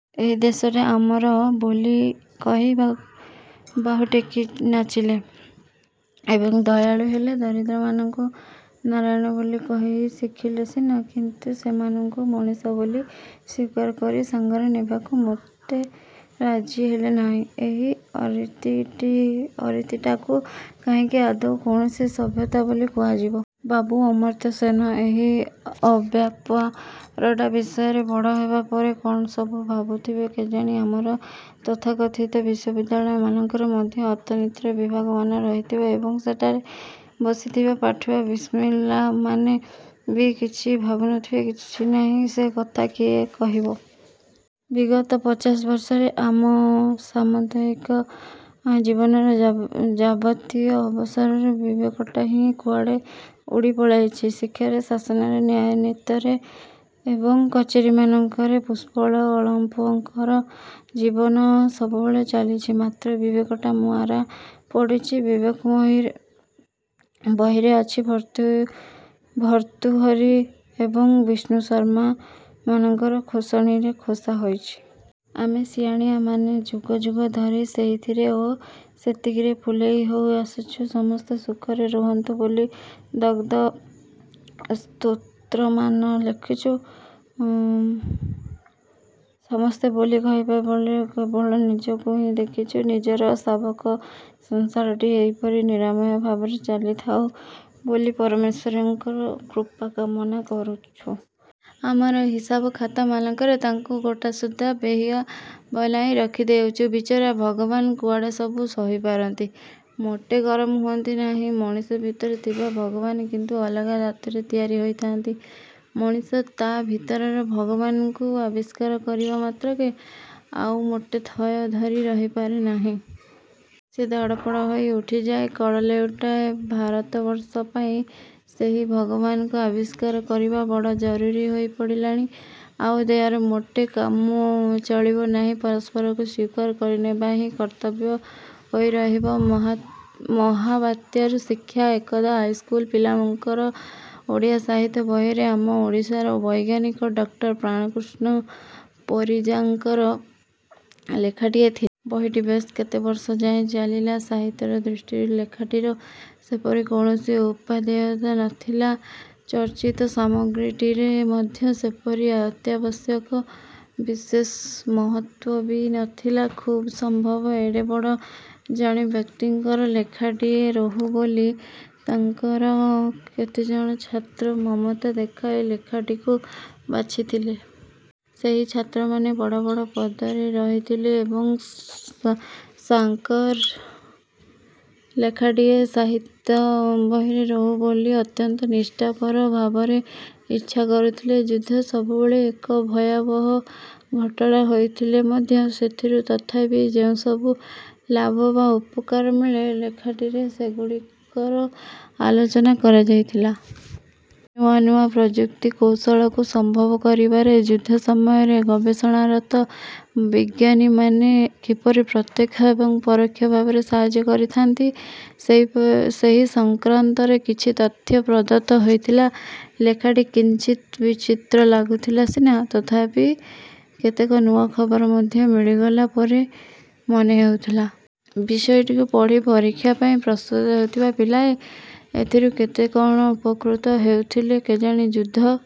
ଏହି ଦେଶଟା ଆମର ବୋଲି କହି ବାହୁ ଟେକି ନାଚିଲେ। ଏବଂ ଦୟାଳୁ ହେଲେ-। ଦରିଦ୍ରମାନଙ୍କୁ ନାରାୟଣ ବୋଲି କହି ଶିଖିଲେ ସିନା, କିନ୍ତୁ ସେମାନଙ୍କୁ ମଣିଷ ବୋଲି ସ୍ୱୀକାର କରି ସାଙ୍ଗରେ ନେବାକୁ ମୋଟେ ରାଜି ହେଲେ ନାହିଁ। ଏହି ଅରୀତିଟାକୁ କାହିଁକି ଆଦୌ କୌଣସି ସଭ୍ୟତା ବୋଲି କୁହାଯିବ? ବାବୁ ଅମର୍ତ୍ତ୍ୟ ସେନ ଏହି ଅବ୍ୟାପାରଟା ବିଷୟରେ ବଡ଼ ହେବା ପରେ କ'ଣ ସବୁ ଭାବୁଥିବେ କେଜାଣି? ଆମର ତଥାକଥିତ ବିଶ୍ୱବିଦ୍ୟାଳୟ ମାନଙ୍କରେ ମଧ୍ୟ ଅର୍ଥନୀତିର ବିଭାଗମାନ ରହିଥିବ। ଏବଂ, ସେଠାରେ ବସିଥିବା ପାଠୁଆ ବିସ୍ମିଲ୍ଲାମାନେ ବି କିଛି ଭାବୁଥିବେ କି ନାହିଁ, ସେକଥା କିଏ କହିବ? ବିଗତ ପଚାଶ ବର୍ଷରେ ଆମ ସାମୁଦାୟିକ ଜୀବନର ଯାବତୀୟ ଅବସରରୁ ବିବେକଟା ହିଁ କୁଆଡ଼େ ଉଡ଼ି ପଳାଇଛି। ଶିକ୍ଷାରେ, ଶାସନରେ, ନ୍ୟାୟନୀତିରେ ଏବଂ କଚେରୀମାନଙ୍କରେ ପୁଷ୍ପଳ ଅଳପଙ୍କର ଜୀବନ ସବୁବେଳେ ଚାଲିଛି। ମାତ୍ର ବିବେକଟା ମାରା ପଡ଼ିଛି। ବିବେକ ବହିରେ ଅଛି, ଭର୍ତ୍ତୃହରି ଏବଂ ବିଷ୍ଣୁଶର୍ମା ମାନଙ୍କର ଖୋସଣିରେ ଖୋସା ହୋଇଛି। ଆମେ ସିଆଣିଆମାନେ ଯୁଗ ଯୁଗ ଧରି ସେଇଥିରେ ଓ ସେତିକିରେ ଫୁଲେଇ ହୋଇ ଆସିଛୁ। ସମସ୍ତେ ସୁଖରେ ରହନ୍ତୁ ବୋଲି ଗଦ୍ଗଦ୍ ସ୍ତ୍ରୋତ୍ରମାନ ଲେଖିଛୁ। ସମସ୍ତେ ବୋଲି କହିବା ବେଳେ କେବଳ ନିଜକୁ ହିଁ ଦେଖିଛୁ, ନିଜର ଶାବକ-ସଂସାରଟି ଏହିପରି ନିରାମୟ ଭାବରେ ଚାଲିଥାଉ ବୋଲି ପରମେଶ୍ୱରଙ୍କର କୃପାକାମନା କରିଛୁ। ଆମର ହିସାବଖାତାମାନଙ୍କରେ ତାଙ୍କୁ ଗୋଟାସୁଦ୍ଧା ବେହିଆ ବନାଇ ରଖିଦେଇଛୁ। ବିଚରା ଭଗବାନ କୁଆଡ଼େ ସବୁ ସହିପାରନ୍ତି। ମୋଟେ ଗରମ ହୁଅନ୍ତି ନାହିଁ। ମଣିଷ ଭିତରେ ଥିବା ଭଗବାନ କିନ୍ତୁ ଅଲଗା ଧାତୁରେ ତିଆରି ହୋଇଥାନ୍ତି। ମଣିଷ ତା' ଭିତରର ଭଗବାନଙ୍କୁ ଆବିଷ୍କାର କରିବା ମାତ୍ରକେ ଆଉ ମୋଟେ ଥୟ ଧରି ରହିପାରେ ନାହିଁ। ସିଏ ଧଡ଼ପଡ଼ ହୋଇ ଉଠିଯାଏ। କଡ଼ ଲେଉଟାଏ। ଭାରତବର୍ଷ ପାଇଁ ସେହି ଭଗବାନଙ୍କୁ ଆବିଷ୍କାର କରିବା ବଡ଼ ଜରୁରୀ ହୋଇ ପଡ଼ିଲାଣି। ଆଉ ଦୟାରେ ମୋଟେ କାମ ଚଳିବ ନାହିଁ। ପରସ୍ପରକୁ ସ୍ୱୀକାର କରିନେବା ହିଁ କର୍ତ୍ତବ୍ୟ ହୋଇ ରହିବ। ମହାବାତ୍ୟାରୁ ଶିକ୍ଷା ଏକଦା ହାଇସ୍କୁଲ ପିଲାଙ୍କର ଓଡ଼ିଆ ସାହିତ୍ୟ ବହିରେ ଆମ ଓଡ଼ିଶାର ବୈଜ୍ଞାନିକ ଡ଼କ୍ଟର ପ୍ରାଣକୃଷ୍ଣ ପରିଜାଙ୍କର ଲେଖାଟିଏ ଥିଲା। ବହିଟି ବେଶ୍ କେତେବର୍ଷ ଯାଏ ଚାଲିଲା। ସାହିତ୍ୟର ଦୃଷ୍ଟିରୁ ଲେଖାଟିର ସେପରି କୌଣସି ଉପାଦେୟତା ନଥିଲା। ଚର୍ଚ୍ଚିତ ସାମଗ୍ରୀଟିରେ ମଧ୍ୟ ସେପରି ଅତ୍ୟାବଶ୍ୟକ ବିଶେଷ ମହତ୍ତ୍ୱ ବି ନଥିଲା। ଖୁବ୍ ସମ୍ଭବ ଏଡ଼େ ବଡ଼ ଜଣେ ବ୍ୟକ୍ତିଙ୍କର ଲେଖାଟିଏ ରହୁ ବୋଲି ତାଙ୍କର କେତେଜଣ ଛାତ୍ର ମମତା ଦେଖାଇ ଲେଖାଟିକୁ ବାଛିଥିଲେ। ସେହି ଛାତ୍ରମାନେ ବଡ଼ ବଡ଼ ପଦରେ ରହିଥିଲେ ଏବଂ ସାର୍ଙ୍କର ଲେଖାଟିଏ ସାହିତ୍ୟ ବହିରେ ରହୁ ବୋଲି ଅତ୍ୟନ୍ତ ନିଷ୍ଠାପର ଭାବରେ ଇଚ୍ଛା କରିଥିଲେ। ଯୁଦ୍ଧ ସବୁବେଳେ ଏକ ଭୟାବହ ଘଟଣା ହୋଇଥିଲେ ମଧ୍ୟ ସେଥିରୁ ତଥାପି ଯେଉଁସବୁ ଲାଭ ବା ଉପକାର ମିଳେ, ଲେଖାଟିରେ ସେହିଗୁଡ଼ିକର ଆଲୋଚନା କରାଯାଇଥିଲା। ନୂଆ ନୂଆ। ପ୍ରଯୁକ୍ତି-କୌଶଳକୁ ସମ୍ଭବ କରିବାରେ ଯୁଦ୍ଧ ସମୟରେ ଗବେଷଣାରତ ବିଜ୍ଞାନୀମାନେ କିପରି ପ୍ରତ୍ୟକ୍ଷ ଏବଂ ପରୋକ୍ଷ ଭାବରେ ସାହାଯ୍ୟ କରିଥାଆନ୍ତି, ସେହି ସଂକ୍ରାନ୍ତରେ କିଛି ତଥ୍ୟ ପ୍ରଦତ୍ତ ହୋଇଥିଲା। ଲେଖାଟି କିଞ୍ଚିତ୍ ବିଚିତ୍ର ଲାଗୁଥିଲା ସିନା, ତଥାପି କେତେକ ନୂଆ ଖବର ମଧ୍ୟ ମିଳିଗଲା ପରି ମନେ ହେଉଥିଲା। ବିଷୟଟିକୁ ପଢ଼ି ପରୀକ୍ଷା ପାଇଁ ପ୍ରସ୍ତୁତ ହେଉଥିବା ପିଲାଏ ଏଥିରୁ କେତେ କ'ଣ ଉପକୃତ ହେଉଥିଲେ କେଜାଣି? ଯୁଦ୍ଧ